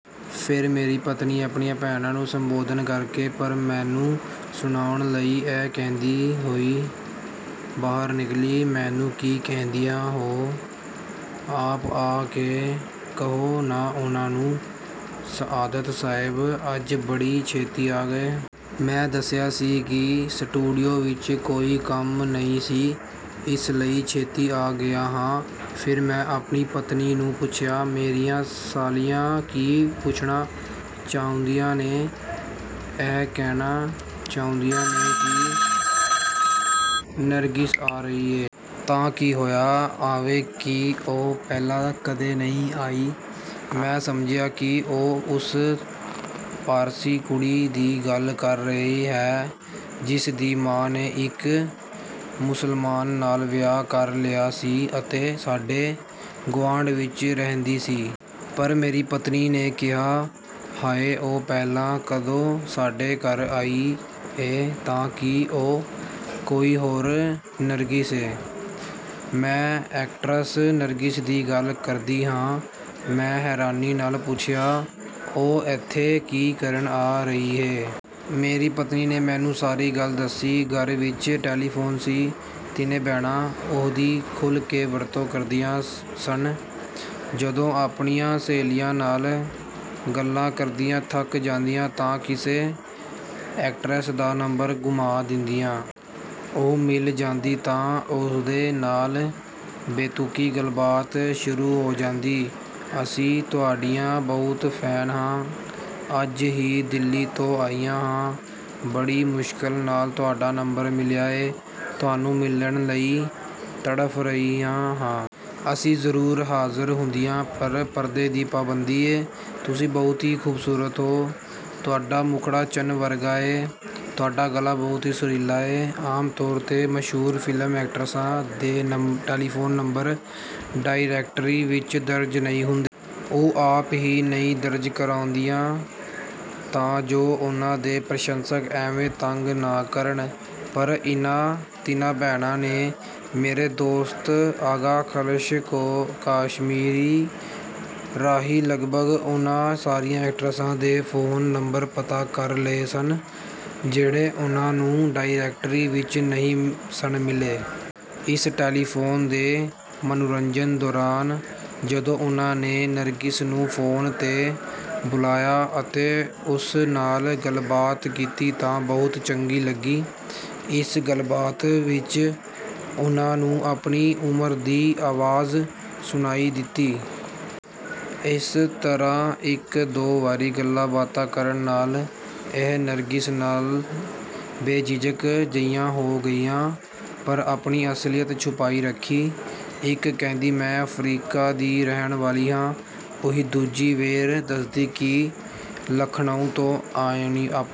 ਫਿਰ ਮੇਰੀ ਪਤਨੀ ਆਪਣੀਆਂ ਭੈਣਾਂ ਨੂੰ ਸੰਬੋਧਨ ਕਰਕੇ, ਪਰ ਮੈਨੂੰ ਸੁਣਾਉਣ ਲਈ ਇਹ ਕਹਿੰਦੀ ਹੋਈ ਬਾਹਰ ਨਿਕਲੀ, ਮੈਨੂੰ ਕੀ ਕਹਿੰਦੀਆਂ ਹੋ, ਆਪ ਆ ਕੇ ਕਹੋ ਨਾ ਉਨ੍ਹਾਂ ਨੂੰ। ਸਆਦਤ ਸਾਹਿਬ, ਅੱਜ ਬੜੀ ਛੇਤੀ ਆ ਗਏ? ਮੈਂ ਦੱਸਿਆ ਕਿ ਸਟੂਡੀਓ ਵਿੱਚ ਕੋਈ ਕੰਮ ਨਹੀਂ ਸੀ, ਇਸ ਲਈ ਛੇਤੀ ਆ ਗਿਆ ਹਾਂ। ਫਿਰ ਮੈਂ ਆਪਣੀ ਪਤਨੀ ਨੂੰ ਪੁੱਛਿਆ, ਮੇਰੀਆਂ ਸਾਲੀਆਂ ਕੀ ਪੁੱਛਣਾ ਚਾਹੁੰਦੀਆਂ ਨੇ? ਇਹ ਕਹਿਣਾ ਚਾਹੁੰਦੀਆਂ ਨੇ ਕਿ ਨਰਗਿਸ ਆ ਰਹੀ ਏ। ਤਾਂ ਕੀ ਹੋਇਆ, ਆਵੇ! ਕੀ ਉਹ ਪਹਿਲਾਂ ਕਦੇ ਨਹੀਂ ਆਈ? ਮੈਂ ਸਮਝਿਆ ਕਿ ਉਹ ਉਸ ਪਾਰਸੀ ਕੁੜੀ ਦੀ ਗੱਲ ਕਰ ਰਹੀ ਏ, ਜਿਸ ਦੀ ਮਾਂ ਨੇ ਇੱਕ ਮੁਸਲਮਾਨ ਨਾਲ ਵਿਆਹ ਕਰ ਲਿਆ ਸੀ ਅਤੇ ਸਾਡੇ ਗੁਆਂਢ ਵਿੱਚ ਰਹਿੰਦੀ ਸੀ। ਪਰ ਮੇਰੀ ਪਤਨੀ ਨੇ ਕਿਹਾ, ਹਾਏ! ਉਹ ਪਹਿਲਾਂ ਕਦੋਂ ਸਾਡੇ ਘਰ ਆਈ ਏ। ਤਾਂ ਕੀ ਉਹ ਕੋਈ ਹੋਰ ਨਰਗਿਸ ਏ? ਮੈਂ ਐਕਟਰਸ ਨਰਗਿਸ ਦੀ ਗੱਲ ਕਰਦੀ ਹਾਂ। ਮੈਂ ਹੈਰਾਨੀ ਨਾਲ ਪੁੱਛਿਆ, ਉਹ ਏਥੇ ਕੀ ਕਰਨ ਆ ਰਹੀ ਏ? ਮੇਰੀ ਪਤਨੀ ਨੇ ਮੈਨੂੰ ਸਾਰੀ ਗੱਲ ਦੱਸੀ। ਘਰ ਵਿੱਚ ਟੈਲੀਫੋਨ ਸੀ। ਤਿੰਨੇ ਭੈਣਾਂ ਉਹਦੀ ਖੁੱਲ੍ਹ ਕੇ ਵਰਤੋਂ ਕਰਦੀਆਂ ਸਨ। ਜਦੋਂ ਆਪਣੀਆਂ ਸਹੇਲੀਆਂ ਨਾਲ ਗੱਲਾਂ ਕਰਦੀਆਂ ਥੱਕ ਜਾਂਦੀਆਂ ਤਾਂ ਕਿਸੇ ਐਕਟਰਸ ਦਾ ਨੰਬਰ ਘੁਮਾ ਦਿੰਦੀਆਂ। ਉਹ ਮਿਲ ਜਾਂਦੀ ਤਾਂ ਉਹਦੇ ਨਾਲ ਬੇਤੁਕੀ ਗੱਲਬਾਤ ਸ਼ੁਰੂ ਹੋ ਜਾਂਦੀ। ਅਸੀਂ ਤੁਹਾਡੀਆਂ ਬਹੁਤ ਫੈਨ ਹਾਂ। ਅੱਜ ਹੀ ਦਿੱਲੀ ਤੋਂ ਆਈਆਂ ਹਾਂ। ਬੜੀ ਮੁਸ਼ਕਲ ਨਾਲ ਤੁਹਾਡਾ ਨੰਬਰ ਮਿਲਿਆ ਏ। ਤੁਹਾਨੂੰ ਮਿਲਣ ਲਈ ਤੜਫ਼ ਰਹੀਆਂ ਹਾਂ। ਅਸੀਂ ਜ਼ਰੂਰ ਹਾਜ਼ਰ ਹੁੰਦੀਆਂ, ਪਰ ਪਰਦੇ ਦੀ ਪਾਬੰਦੀ ਏ। ਤੁਸੀਂ ਬਹੁਤ ਹੀ ਖੂਬਸੂਰਤ ਹੋ। ਤੁਹਾਡਾ ਮੁਖੜਾ ਚੰਨ ਵਰਗਾ ਏ। ਤੁਹਾਡਾ ਗਲਾ ਬਹੁਤ ਹੀ ਸੁਰੀਲਾ ਏ। ਆਮ ਤੌਰ 'ਤੇ ਮਸ਼ਹੂਰ ਫ਼ਿਲਮ ਐਕਟਰਸਾਂ ਦੇ ਟੈਲੀਫੋਨ ਨੰਬਰ ਡਾਇਰੈਕਟਰੀ ਵਿੱਚ ਦਰਜ ਨਹੀਂ ਹੁੰਦੇ। ਉਹ ਆਪ ਹੀ ਨਹੀਂ ਦਰਜ ਕਰਵਾਉਂਦੀਆਂ ਤਾਂ ਜੋ ਉਨ੍ਹਾਂ ਦੇ ਪ੍ਰਸ਼ੰਸਕ ਐਵੇਂ ਤੰਗ ਨਾ ਕਰਨ। ਪਰ ਇਨ੍ਹਾਂ ਤਿੰਨਾਂ ਭੈਣਾਂ ਨੇ ਮੇਰੇ ਦੋਸਤ ਆਗਾ ਖ਼ਲਸ਼ ਕਾਸ਼ਮੀਰੀ ਰਾਹੀਂ ਲਗਭਗ ਉਨ੍ਹਾਂ ਸਾਰੀਆਂ ਐਕਟਰਸਾਂ ਦੇ ਫੋਨ ਨੰਬਰ ਪਤਾ ਕਰ ਲਏ ਸਨ, ਜਿਹੜੇ ਉਨ੍ਹਾਂ ਨੂੰ ਡਾਇਰੈਕਟਰੀ ਵਿੱਚ ਨਹੀਂ ਸਨ ਮਿਲੇ। ਇਸ ਟੈਲੀਫੋਨ ਦੇ ਮਨੋਰੰਜਨ ਦੌਰਾਨ ਜਦੋਂ ਉਨ੍ਹਾਂ ਨੇ ਨਰਗਿਸ ਨੂੰ ਫੋਨ 'ਤੇ ਬੁਲਾਇਆ ਅਤੇ ਉਸ ਨਾਲ ਗੱਲਬਾਤ ਕੀਤੀ ਤਾਂ ਬਹੁਤ ਚੰਗੀ ਲੱਗੀ। ਇਸ ਗੱਲਬਾਤ ਵਿੱਚ ਉਨ੍ਹਾਂ ਨੂੰ ਆਪਣੀ ਉਮਰ ਦੀ ਆਵਾਜ਼ ਸੁਣਾਈ ਦਿੱਤੀ। ਇਸ ਤਰ੍ਹਾਂ ਇੱਕ ਦੋ ਵਾਰੀ ਗੱਲਾਂਬਾਤਾਂ ਕਰਨ ਨਾਲ ਇਹ ਨਰਗਿਸ ਨਾਲ ਬੇਝਿਜਕ ਜਿਹੀਆਂ ਹੋ ਗਈਆਂ, ਪਰ ਆਪਣੀ ਅਸਲੀਅਤ ਛੁਪਾਈ ਰੱਖੀ। ਇੱਕ ਕਹਿੰਦੀ ਮੈਂ ਅਫ਼ਰੀਕਾ ਦੀ ਰਹਿਣ ਵਾਲੀ ਹਾਂ। ਉਹੀ ਦੂਜੀ ਵੇਰ ਦੱਸਦੀ ਕਿ ਲਖਨਊ ਤੋਂ ਆਪਣੀ